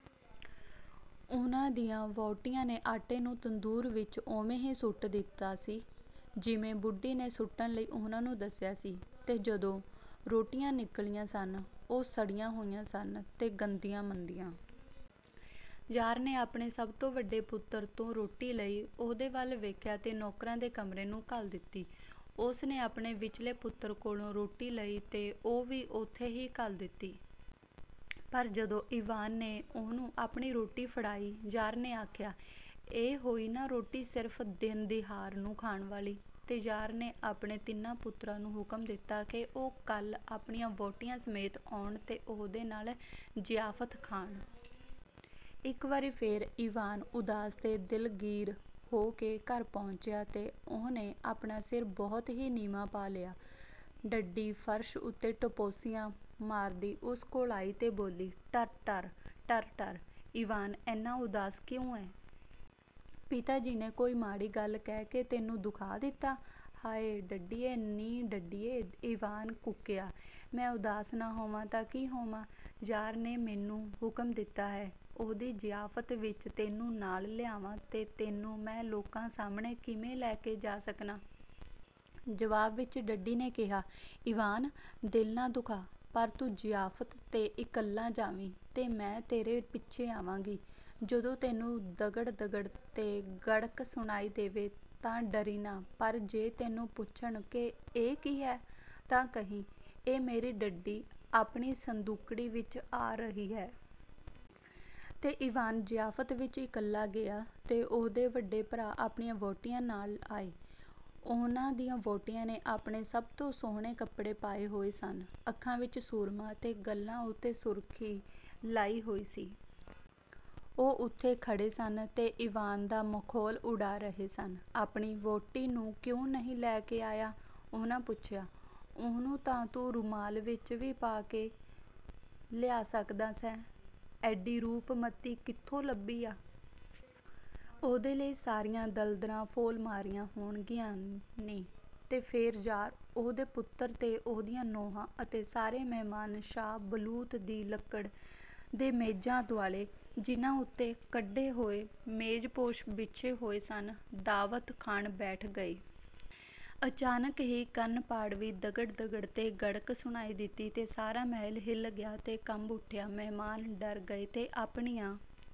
ਉਹਨਾਂ ਦੀਆਂ ਵਹੁਟੀਆਂ ਨੇ ਆਟੇ ਨੂੰ ਤੰਦੂਰ ਵਿੱਚ ਉਵੇਂ ਹੀ ਸੁੱਟ ਦਿੱਤਾ ਸੀ, ਜਿਵੇਂ ਬੁੱਢੀ ਨੇ ਸੁੱਟਣ ਲਈ ਉਹਨਾਂ ਨੂੰ ਦੱਸਿਆ ਸੀ, ਤੇ ਜਦੋਂ ਰੋਟੀਆਂ ਨਿਕਲੀਆਂ ਸਨ, ਉਹ ਸੜੀਆਂ ਹੋਈਆਂ ਸਨ ਤੇ ਗੰਦੀਆਂ-ਮੰਦੀਆਂ। ਜ਼ਾਰ ਨੇ ਆਪਣੇ ਸਭ ਤੋਂ ਵੱਡੇ ਪੁੱਤਰ ਤੋਂ ਰੋਟੀ ਲਈ, ਉਹਦੇ ਵੱਲ ਵੇਖਿਆ ਤੇ ਨੌਕਰਾਂ ਦੇ ਕਮਰੇ ਨੂੰ ਘੱਲ ਦਿੱਤੀ। ਉਸ ਨੇ ਆਪਣੇ ਵਿਚਲੇ ਪੁੱਤਰ ਕੋਲੋਂ ਰੋਟੀ ਲਈ ਤੇ ਉਹ ਵੀ ਓਥੇ ਹੀ ਘੱਲ ਦਿੱਤੀ। ਪਰ ਜਦੋਂ ਈਵਾਨ ਨੇ ਉਹਨੂੰ ਆਪਣੀ ਰੋਟੀ ਫੜਾਈ, ਜ਼ਾਰ ਨੇ ਆਖਿਆ, "ਇਹ ਹੋਈ ਨਾ ਰੋਟੀ ਸਿਰਫ਼ ਦਿਨ-ਦਿਹਾਰ ਨੂੰ ਖਾਣ ਵਾਲੀ।"ਤੇ ਜ਼ਾਰ ਨੇ ਆਪਣੇ ਤਿੰਨਾਂ ਪੁੱਤਰਾਂ ਨੂੰ ਹੁਕਮ ਦਿੱਤਾ ਕਿ ਉਹ ਕੱਲ੍ਹ ਆਪਣੀਆਂ ਵਹੁਟੀਆਂ ਸਮੇਤ ਆਉਣ ਤੇ ਉਹਦੇ ਨਾਲ ਜ਼ਿਆਫ਼ਤ ਖਾਣ। ਇੱਕ ਵਾਰੀ ਫੇਰ ਈਵਾਨ ਉਦਾਸ ਤੇ ਦਿਲਗੀਰ ਹੋ ਕੇ ਘਰ ਪਹੁੰਚਿਆ ਤੇ ਉਹਨੇ ਆਪਣਾ ਸਿਰ ਬਹੁਤ ਹੀ ਨੀਵਾਂ ਪਾ ਲਿਆ। ਡੱਡੀ ਫ਼ਰਸ਼ ਉੱਤੇ ਟਪੋਸੀਆਂ ਮਾਰਦੀ ਉਸ ਕੋਲ ਆਈ ਤੇ ਬੋਲੀ, "ਟਰ-ਟਰ, ਟਰ-ਟਰ, ਈਵਾਨ, ਏਨਾ ਉਦਾਸ ਕਿਉਂ ਏ? ਪਿਤਾ ਜੀ ਨੇ ਕੋਈ ਮਾੜੀ ਗੱਲ ਕਹਿ ਕੇ ਤੈਨੂੰ ਦੁਖਾ ਦਿੱਤਾ।""ਹਾਇ, ਡੱਡੀਏ, ਨੀ ਡੱਡੀਏ," ਈਵਾਨ ਕੂਕਿਆ। "ਮੈਂ ਉਦਾਸ ਨਾ ਹੋਵਾਂ ਤਾਂ ਕੀ ਹੋਵਾਂ? ਜ਼ਾਰ ਨੇ ਮੈਨੂੰ ਹੁਕਮ ਦਿੱਤਾ ਹੈ, ਉਹਦੀ ਜ਼ਿਆਫ਼ਤ ਵਿੱਚ ਤੈਨੂੰ ਨਾਲ ਲਿਆਵਾਂ ਤੇ ਤੈਨੂੰ ਮੈਂ ਲੋਕਾਂ ਸਾਹਮਣੇ ਕਿਵੇਂ ਲੈ ਕੇ ਜਾ ਸਕਨਾਂ।" ਜਵਾਬ ਵਿੱਚ ਡੱਡੀ ਨੇ ਕਿਹਾ, "ਈਵਾਨ, ਦਿਲ ਨਾ ਦੁਖਾ, ਪਰ ਤੂੰ ਜ਼ਿਆਫ਼ਤ 'ਤੇ ਇਕੱਲਾ ਜਾਵੀਂ ਤੇ ਮੈਂ ਤੇਰੇ ਪਿੱਛੇ ਆਵਾਂਗੀ। ਜਦੋਂ ਤੈਨੂੰ ਦਗੜ-ਦਗੜ ਤੇ ਗੜਕ ਸੁਣਾਈ ਦੇਵੇ, ਤਾਂ ਡਰੀਂ ਨਾ, ਪਰ ਜੇ ਤੈਨੂੰ ਪੁੱਛਣ ਕਿ ਇਹ ਕੀ ਹੈ, ਤਾਂ ਕਹੀਂ, ਇਹ ਮੇਰੀ ਡੱਡੀ ਆਪਣੀ ਸੰਦੂਕੜੀ ਵਿੱਚ ਆ ਰਹੀ ਹੈ।' ਤੇ ਈਵਾਨ ਜ਼ਿਆਫ਼ਤ ਵਿੱਚ ਇਕੱਲਾ ਗਿਆ ਤੇ ਉਹਦੇ ਵੱਡੇ ਭਰਾ ਆਪਣੀਆਂ ਵਹੁਟੀਆਂ ਨਾਲ ਆਏ। ਉਹਨਾਂ ਦੀਆਂ ਵਹੁਟੀਆਂ ਨੇ ਆਪਣੇ ਸਭ ਤੋਂ ਸੁਹਣੇ ਕੱਪੜੇ ਪਾਏ ਹੋਏ ਸਨ, ਅੱਖਾਂ ਵਿੱਚ ਸੁਰਮਾ ਤੇ ਗੱਲ੍ਹਾਂ ਉੱਤੇ ਸੁਰਖ਼ੀ ਲਾਈ ਹੋਈ ਸੀ। ਉਹ ਉੱਥੇ ਖੜ੍ਹੇ ਸਨ ਤੇ ਈਵਾਨ ਦਾ ਮਖੌਲ ਉਡਾ ਰਹੇ ਸਨ। "ਆਪਣੀ ਵਹੁਟੀ ਨੂੰ ਕਿਉਂ ਨਹੀਂ ਲੈ ਕੇ ਆਇਆ?" ਉਹਨਾਂ ਪੁੱਛਿਆ। "ਉਹਨੂੰ ਤਾਂ ਤੂੰ ਰੁਮਾਲ ਵਿੱਚ ਵੀ ਪਾ ਕੇ ਲਿਆ ਸਕਦਾ ਸੈਂ। ਏਡੀ ਰੂਪਮੱਤੀ ਕਿੱਥੋਂ ਲੱਭੀ ਆ? ਉਹਦੇ ਲਈ ਸਾਰੀਆਂ ਦਲਦਲਾਂ ਫੋਲ ਮਾਰੀਆਂ ਹੋਣਗੀਆਂ ਨੀ।" ਤੇ ਫੇਰ ਜ਼ਾਰ, ਉਹਦੇ ਪੁੱਤਰ ਤੇ ਉਹਦੀਆਂ ਨੂੰਹਾਂ ਅਤੇ ਸਾਰੇ ਮਹਿਮਾਨ ਸ਼ਾਹ ਬਲੂਤ ਦੀ ਲੱਕੜ ਦੇ ਮੇਜ਼ਾਂ ਦੁਆਲੇ, ਜਿਨ੍ਹਾਂ ਉੱਤੇ ਕੱਢੇ ਹੋਏ ਮੇਜ਼ਪੋਸ਼ ਵਿਛੇ ਹੋਏ ਸਨ, ਦਾਅਵਤ ਖਾਣ ਬੈਠ ਗਏ। ਅਚਾਨਕ ਹੀ ਕੰਨ-ਪਾੜਵੀਂ ਦਗੜ-ਦਗੜ ਤੇ ਗੜਕ ਸੁਣਾਈ ਦਿੱਤੀ, ਤੇ ਸਾਰਾ ਮਹਿਲ ਹਿੱਲ ਗਿਆ ਤੇ ਕੰਬ ਉਠਿਆ। ਮਹਿਮਾਨ ਡਰ ਗਏ ਤੇ ਆਪਣੀਆਂ